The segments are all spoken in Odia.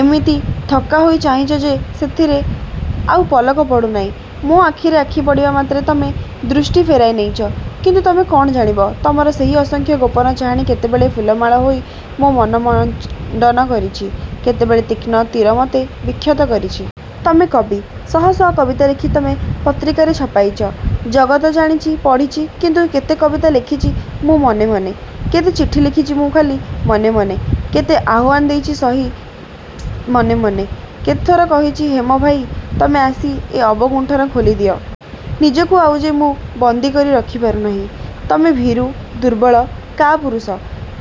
ଏମିତି ଥକ୍କା ହୋଇ ଚାହିଁଚ ଯେ ସେଥିରେ ଆଉ ପଲକ ପଡ଼ୁନାହିଁ। ମୋ ଆଖିରେ ଆଖି ପଡ଼ିବା ମାତ୍ରେ ତମେ ଦୃଷ୍ଟି ଫେରାଇ ନେଇଚ, କିନ୍ତୁ ତମେ କ'ଣ ଜାଣିବ, ତମର ସେହି ଅସଂଖ୍ୟ ଗୋପନ ଚାହାଣି କେତେବେଳେ ଫୁଲମାଳ ହୋଇ ମୋ ମନ ମଞ୍ଚ ଣ୍ଡନ କରିଚି, କେତେବେଳେ ତୀକ୍ଷ୍ଣ ତୀର ମତେ ବିକ୍ଷତ କରିଚି। ତମେ କବି। ଶହ ଶହ କବିତା ଲେଖି ତମେ ପତ୍ରିକାରେ ଛପାଇଚ। ଜଗତ ଜାଣିଚି, ପଢ଼ିଚି, କିନ୍ତୁ କେତେ କବିତା ଲେଖିଛି ମୁଁ ମନେ ମନେ। କେତେ ଚିଠି ଲେଖିଚି ମୁଁ ଖାଲି ମନେ ମନେ। କେତେ ଆହ୍ଵାନ ଦେଇଚି ସହି ମନେ ମନେ। କେତେଥର କହିଚି ହେମଭାଇ, ତମେ ଆସି ଏ ଅବଗୁଣ୍ଠନ ଖୋଲିଦିଅ! ନିଜକୁ ଆଉ ଯେ ମୁଁ ବନ୍ଦୀ କରି ରଖି ପାରୁନାହିଁ। ତମେ ଭୀରୁ! ଦୁର୍ବଳ! କାପୁରୁଷ!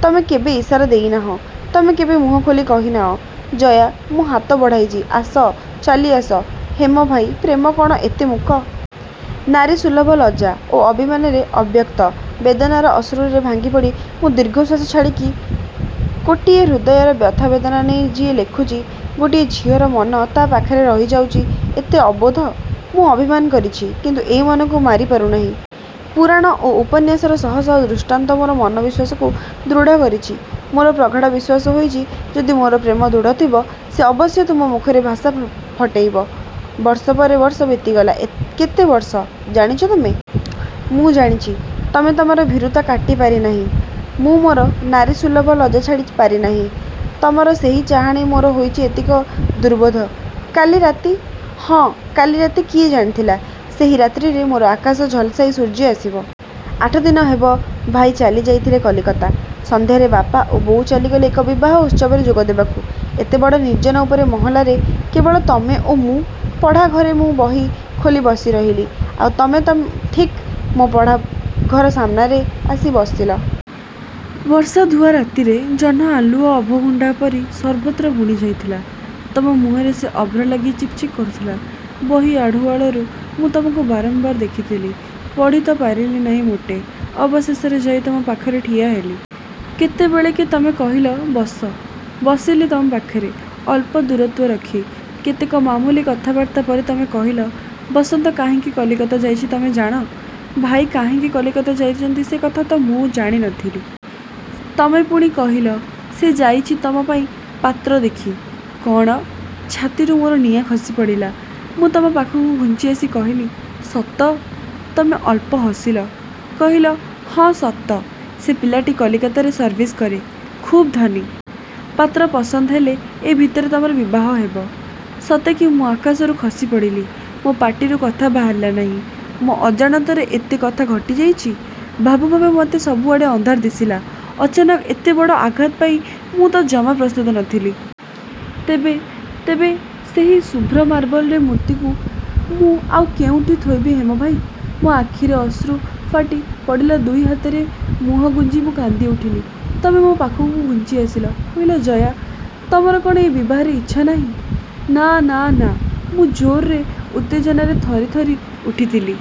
ତମେ କେବେ ଇସାରା ଦେଇନାହଁ। ତମେ କେବେ ମୁହଁ ଖୋଲି କହିନାହଁ, "ଜୟା, ମୁଁ ହାତ ବଢ଼ାଇଚି, ଆସ, ଚାଲିଆସ।" ହେମ ଭାଇ, ପ୍ରେମ କ'ଣ ଏତେ ମୂକ? ନାରୀସୁଲଭ ଲଜ୍ଜା ଓ ଅଭିମାନରେ, ଅବ୍ୟକ୍ତ ବେଦନାର ଅଶ୍ରୁରେ ଭାଙ୍ଗି ପଡ଼ି ମୁଁ ଦୀର୍ଘଶ୍ଵାସ ଛାଡ଼ିକି। କୋଟିଏ ହୃଦୟର ବ୍ୟଥା ବେଦନା ନେଇ ଯିଏ ଲେଖୁଚି, ଗୋଟିଏ ଝିଅର ମନ ତା' ପାଖରେ ରହି ଯାଉଚି ଏତେ ଅବୋଧ୍ୟ? ମୁଁ ଅଭିମାନ କରିଛି; କିନ୍ତୁ ଏ ମନକୁ ମାରି ପାରୁନାହିଁ। ପୁରାଣ ଓ ଉପନ୍ୟାସର ଶହ ଶହ ଦୃଷ୍ଟାନ୍ତ ମୋର ମନ ବିଶ୍ୱାସକୁ ଦୃଢ଼ କରିଚି। ମୋର ପ୍ରଗାଢ଼ ବିଶ୍ଵାସ ହୋଇଚି ଯଦି ମୋର ପ୍ରେମ ଦୃଢ଼ ଥିବ, ସେ ଅବଶ୍ୟ ତୁମ ମୁଖରେ ଭାଷା ଫଟେଇବ। ବର୍ଷ ପରେ ବର୍ଷ ବିତିଗଲା। ଏ କେତେ ବର୍ଷ? ଜାଣିଚ ତମେ? ମୁଁ ଜାଣିଛି। ତମେ ତମର ଭୀରୁତା କାଟି ପାରିନାହିଁ। ମୁଁ ମୋର ନାରୀସୁଲଭ ଲଜ୍ଜା ଛାଡ଼ି ପାରିନାହିଁ। ତମର ସେହି ଚାହାଣି ମୋର ହୋଇଛି ଏତିକ ଦୂର୍ବୋଧ୍ୟ। କାଲି ରାତି? ହଁ, କାଲି ରାତି, କିଏ ଜାଣିଥିଲା, ସେହି ରାତ୍ରିରେ ମୋର ଆକାଶ ଝଲସାଇ ସୂର୍ଯ୍ୟ ଆସିବ। ଆଠଦିନ ହେବ ଭାଇ ଚାଲି ଯାଇଥିଲେ କଲିକତା। ସନ୍ଧ୍ୟାରେ ବାପା ଓ ବୋଉ ଚାଲିଗଲେ ଏକ ବିବାହ ଉତ୍ସବରେ ଯୋଗ ଦେବାକୁ। ଏତେ ବଡ଼ ନିର୍ଜନ ଉପରେ ମହଲାରେ କେବଳ ତମେ ଓ ମୁଁ। ପଢ଼ା ଘରେ ମୁଁ ବହି ଖୋଲି ବସି ରହିଲି। ଆଉ ତମେ ତମ ଠିକ୍ ମୋ ପଢ଼ା ଘର ସାମ୍ନାରେ ଆସି ବସିଲ। ବର୍ଷା ଧୂଆ ରାତିରେ, ଜହ୍ନ ଆଲୁଅ ଅଭଗୁଣ୍ଡା ପରି ସର୍ବତ୍ର ବୁଣି ଯାଇଥିଲା। ତମ ମୁହଁରେ ସେ ଅଭ୍ର ଲାଗି ଚିକ୍ ଚିକ୍ କରୁଥିଲା। ବହି ଆଢ଼ୁଆଳରୁ ମୁଁ ତମକୁ ବାରମ୍ବାର ଦେଖିଥିଲି। ପଢ଼ି ତ ପାରିଲି ନାହିଁ ମୋଟେ। ଅବଶେଷରେ ଯାଇ ତମ ପାଖରେ ଠିଆ ହେଲି। କେତେବେଳକେ ତମେ କହିଲ, "ବସ!" ବସିଲି ତମ ପାଖରେ, ଅଳ୍ପ ଦୂରତ୍ଵ ରଖି। କେତେକ ମାମୁଲି କଥାବାର୍ତ୍ତା ପରେ ତମେ କହିଲ, "ବସନ୍ତ କାହିଁକି କଲିକତା ଯାଇଚି ତମେ ଜାଣ?" ଭାଇ କାହିଁକି କଲିକତା ଯାଇଛନ୍ତି ସେ କଥା ତ ମୁଁ ଜାଣି ନ ଥିଲି। ତମେ ପୁଣି କହିଲ "ସେ ଯାଇଚି ତମ ପାଇଁ ପାତ୍ର ଦେଖି!" କ'ଣ? ଛାତିରୁ ମୋର ନିଆଁ ଖସିପଡ଼ିଲା। ମୁଁ ତମ ପାଖକୁ ଘୁଞ୍ଚି ଆସି କହିଲି, "ସତ?" ତମେ ଅଳ୍ପ ହସିଲ। କହିଲ, "ହଁ, ସତ, ସେ ପିଲାଟି କଲିକତାରେ ସର୍ଭିସ କରେ। ଖୁବ୍ ଧନୀ। ପାତ୍ର ପସନ୍ଦ ହେଲେ ଏ ଭିତରେ ତମର ବିବାହ ହେବ।" ସତେ କି ମୁଁ ଆକାଶରୁ ଖସି ପଡ଼ିଲି। ମୋ ପାଟିରୁ କଥା ବାହାରିଲା ନାହିଁ। ମୋ ଅଜାଣତରେ ଏତେ କଥା ଘଟି ଯାଇଚି? ଭାବୁ ଭାବୁ ମତେ ସବୁଆଡ଼େ ଅନ୍ଧାର ଦିଶିଲା, ଅଚାନକ ଏତେ ବଡ଼ ଆଘାତ ପାଇଁ ମୁଁ ତ ଜମା ପ୍ରସ୍ତୁତ ନ ଥିଲି! ତେବେ, ତେବେ ସେହି ଶୁଭ୍ର ମାର୍ବଲରେ ମୂର୍ତ୍ତିକୁ ମୁଁ ଆଉ କେଉଁଠି ଥୋଇବି ହେମଭାଇ? ମୋ ଆଖିରେ ଅଶ୍ରୁ ଫାଟି ପଡ଼ିଲା ଦୁଇ ହାତରେ ମୁହଁ ଗୁଞ୍ଜି ମୁଁ କାନ୍ଦି ଉଠିଲି। ତମେ ମୋ ପାଖକୁ ଘୁଞ୍ଚି ଆସିଲ, କହିଲ, "ଜୟା, ତମର କ'ଣ ଏ ବିବାହରେ ଇଚ୍ଛା ନାହିଁ?" "ନା ନା ନା!" ମୁଁ ଜୋରରେ, ଉତ୍ତେଜନାରେ ଥରି ଥରି ଉଠିଥିଲି।